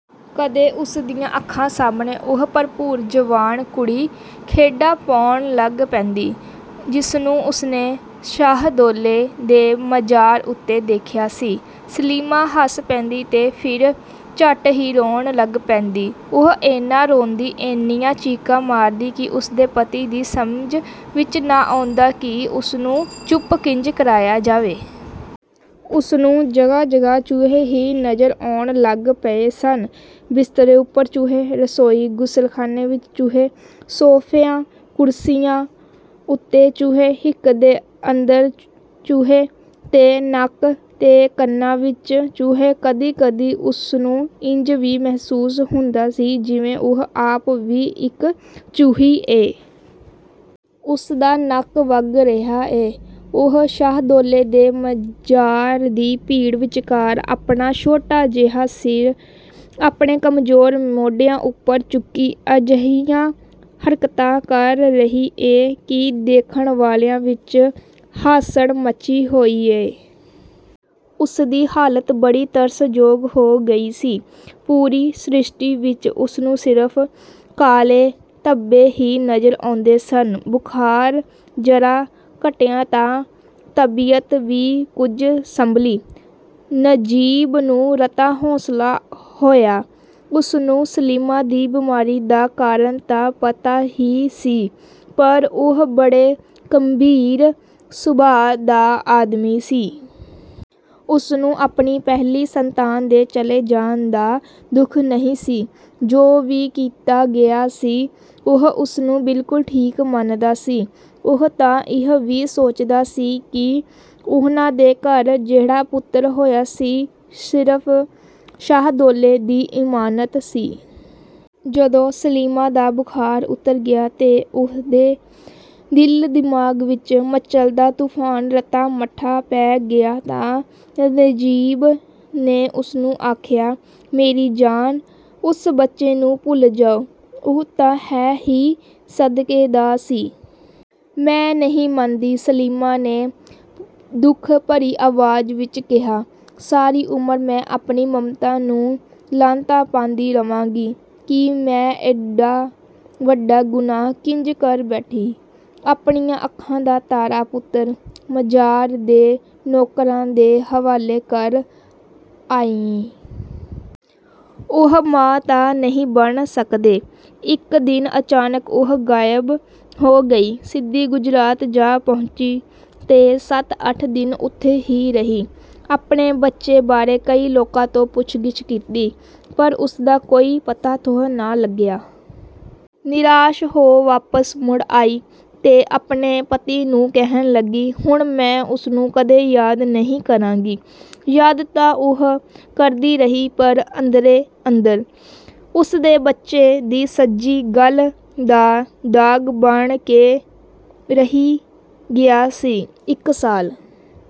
ਕਦੇ ਉਸਦੀਆਂ ਅੱਖਾਂ ਸਾਹਮਣੇ ਉਹ ਭਰਪੂਰ ਜਵਾਨ ਕੁੜੀ ਖੇਡਾ ਪਾਉਣ ਲੱਗ ਪੈਂਦੀ, ਜਿਸਨੂੰ ਉਸਨੇ ਸ਼ਾਹਦੌਲੇ ਦੇ ਮਜ਼ਾਰ ਉੱਤੇ ਦੇਖਿਆ ਸੀ। ਸਲੀਮਾ ਹੱਸ ਪੈਂਦੀ ਤੇ ਫੇਰ ਝੱਟ ਹੀ ਰੋਣ ਲੱਗ ਪੈਂਦੀ। ਉਹ ਏਨਾ ਰੋਂਦੀ, ਏਨੀਆਂ ਚੀਕਾਂ ਮਾਰਦੀ ਕਿ ਉਸਦੇ ਪਤੀ ਦੀ ਸਮਝ ਵਿਚ ਨਾ ਆਉਂਦਾ ਕਿ ਉਸਨੂੰ ਚੁੱਪ ਕਿੰਜ ਕਰਾਇਆ ਜਾਏ। ਉਸਨੂੰ ਜਗਾਹ-ਜਗਾਹ ਚੂਹੇ ਹੀ ਨਜ਼ਰ ਆਉਣ ਲੱਗ ਪਏ ਸਨ। ਬਿਸਤਰੇ ਉਪਰ ਚੂਹੇ, ਰਸੋਈ, ਗੁਸਲਖਾਨੇ ਵਿਚ ਚੂਹੇ, ਸੋਫਿਆਂ-ਕੁਰਸੀਆਂ ਉੱਤੇ ਚੂਹੇ, ਹਿੱਕ ਦੇ ਅੰਦਰ ਚੂਹੇ ਤੇ ਨੱਕ ਤੇ ਕੰਨਾਂ ਵਿਚ ਚੂਹੇ। ਕਦੀ-ਕਦੀ ਉਸਨੂੰ ਇੰਜ ਵੀ ਮਹਿਸੂਸ ਹੁੰਦਾ ਸੀ, ਜਿਵੇਂ ਉਹ ਆਪ ਵੀ ਇਕ ਚੂਹੀ ਏ। ਉਸਦਾ ਨੱਕ ਵਗ ਰਿਹਾ ਏ। ਉਹ ਸ਼ਾਹਦੌਲੇ ਦੇ ਮਜ਼ਾਰ ਦੀ ਭੀੜ ਵਿਚਕਾਰ, ਆਪਣਾ ਛੋਟਾ ਜਿਹਾ ਸਿਰ, ਆਪਣੇ ਕਮਜ਼ੋਰ ਮੋਢਿਆਂ ਉਪਰ ਚੁੱਕੀ, ਅਜਿਹੀਆਂ ਹਰਕਤਾਂ ਕਰ ਰਹੀ ਏ ਕਿ ਦੇਖਣ ਵਾਲਿਆਂ ਵਿਚ ਹਾਸੜ ਮੱਚੀ ਹੋਈ ਏ। ਉਸਦੀ ਹਾਲਤ ਬੜੀ ਤਰਸ ਯੋਗ ਹੋ ਗਈ ਸੀ। ਪੂਰੀ ਸਰਿਸ਼ਟੀ ਵਿਚ ਉਸਨੂੰ ਸਿਰਫ ਕਾਲੇ ਧੱਬੇ ਹੀ ਨਜ਼ਰ ਆਉਂਦੇ ਸਨ। ਬੁਖਾਰ ਜ਼ਰਾ ਘਟਿਆ ਤਾਂ ਤਬੀਅਤ ਵੀ ਕੁਝ ਸੰਭਲੀ। ਨਜ਼ੀਬ ਨੂੰ ਰਤਾ ਹੌਸਲਾ ਹੋਇਆ। ਉਸਨੂੰ ਸਲੀਮਾ ਦੀ ਬਿਮਾਰੀ ਦਾ ਕਾਰਨ ਤਾਂ ਪਤਾ ਹੀ ਸੀ, ਪਰ ਉਹ ਬੜੇ ਗੰਭੀਰ ਸੁਭਾਅ ਦਾ ਆਦਮੀ ਸੀ। ਉਸਨੂੰ ਆਪਣੀ ਪਹਿਲੀ ਸੰਤਾਨ ਦੇ ਚਲੇ ਜਾਣ ਦਾ ਦੁੱਖ ਨਹੀਂ ਸੀ। ਜੋ ਵੀ ਕੀਤਾ ਗਿਆ ਸੀ, ਉਹ ਉਸਨੂੰ ਬਿਲਕੁਲ ਠੀਕ ਮੰਨਦਾ ਸੀ। ਉਹ ਤਾਂ ਇਹ ਵੀ ਸੋਚਦਾ ਸੀ ਕਿ ਉਹਨਾਂ ਦੇ ਘਰ ਜਿਹੜਾ ਪੁੱਤਰ ਹੋਇਆ ਸੀ ਸਿਰਫ ਸ਼ਾਹਦੌਲੇ ਦੀ ਇਮਾਨਤ ਸੀ। ਜਦੋਂ ਸਲੀਮਾ ਦਾ ਬੁਖਾਰ ਉਤਰ ਗਿਆ ਤੇ ਉਹਦੇ ਦਿਲ-ਦਿਮਾਗ਼ ਵਿਚ ਮਚਲਦਾ ਤੁਫ਼ਾਨ ਰਤਾ ਮੱਠਾ ਪੈ ਗਿਆ ਤਾਂ ਨਜ਼ੀਬ ਨੇ ਉਸਨੂੰ ਆਖਿਆ, ‘‘ਮੇਰੀ ਜਾਨ, ਉਸ ਬੱਚੇ ਨੂੰ ਭੁੱਲ ਜਾਓ। ਉਹ ਤਾਂ ਹੈ ਹੀ ਸਦਕੇ ਦਾ ਸੀ।’’ ‘‘ਮੈਂ ਨਹੀਂ ਮੰਨਦੀ,’’ ਸਲੀਮਾ ਨੇ ਦੁੱਖ ਭਰੀ ਆਵਾਜ਼ ਵਿਚ ਕਿਹਾ, ‘‘ਸਾਰੀ ਉਮਰ ਮੈਂ ਆਪਣੀ ਮਮਤਾ ਨੂੰ ਲਾਹਨਤਾਂ ਪਾਂਦੀ ਰਵਾਂਗੀ ਕਿ ਮੈਂ ਏਡਾ ਵੱਡਾ ਗੁਨਾਹ ਕਿੰਜ ਕਰ ਬੈਠੀ? ਆਪਣੀਆਂ ਅੱਖਾਂ ਦਾ ਤਾਰਾ ਪੁੱਤਰ ਮਜਾਰ ਦੇ ਨੌਕਰਾਂ ਦੇ ਹਵਾਲੇ ਕਰ ਆਈ। ਉਹ ਮਾਂ ਤਾਂ ਨਹੀਂ ਬਣ ਸਕਦੇ।’’ ਇਕ ਦਿਨ ਅਚਾਨਕ ਉਹ ਗਾਇਬ ਹੋ ਗਈ। ਸਿੱਧੀ ਗੁਜਰਾਤ ਜਾ ਪਹੁੰਚੀ ਤੇ ਸੱਤ ਅੱਠ ਦਿਨ ਉੱਥੇ ਹੀ ਰਹੀ। ਆਪਣੇ ਬੱਚੇ ਬਾਰੇ ਕਈ ਲੋਕਾਂ ਤੋਂ ਪੁੱਛ-ਗਿੱਛ ਕੀਤੀ, ਪਰ ਉਸਦਾ ਕੋਈ ਪਤਾ-ਥਹੁ ਨਾ ਲੱਗਿਆ। ਨਿਰਾਸ਼ ਹੋ ਵਾਪਸ ਮੁੜ ਆਈ ਤੇ ਆਪਣੇ ਪਤੀ ਨੂੰ ਕਹਿਣ ਲੱਗੀ, “ਹੁਣ ਮੈਂ ਉਸਨੂੰ ਕਦੇ ਯਾਦ ਨਹੀਂ ਕਰਾਂਗੀ।” ਯਾਦ ਤਾਂ ਉਹ ਕਰਦੀ ਰਹੀ ਪਰ ਅੰਦਰੇ-ਅੰਦਰ। ਉਸਦੇ ਬੱਚੇ ਦੀ ਸੱਜੀ ਗੱਲ੍ਹ ਦਾ ਦਾਗ਼ ਬਣ ਕੇ ਰਹਿ ਗਿਆ ਸੀ। ਇਕ ਸਾਲ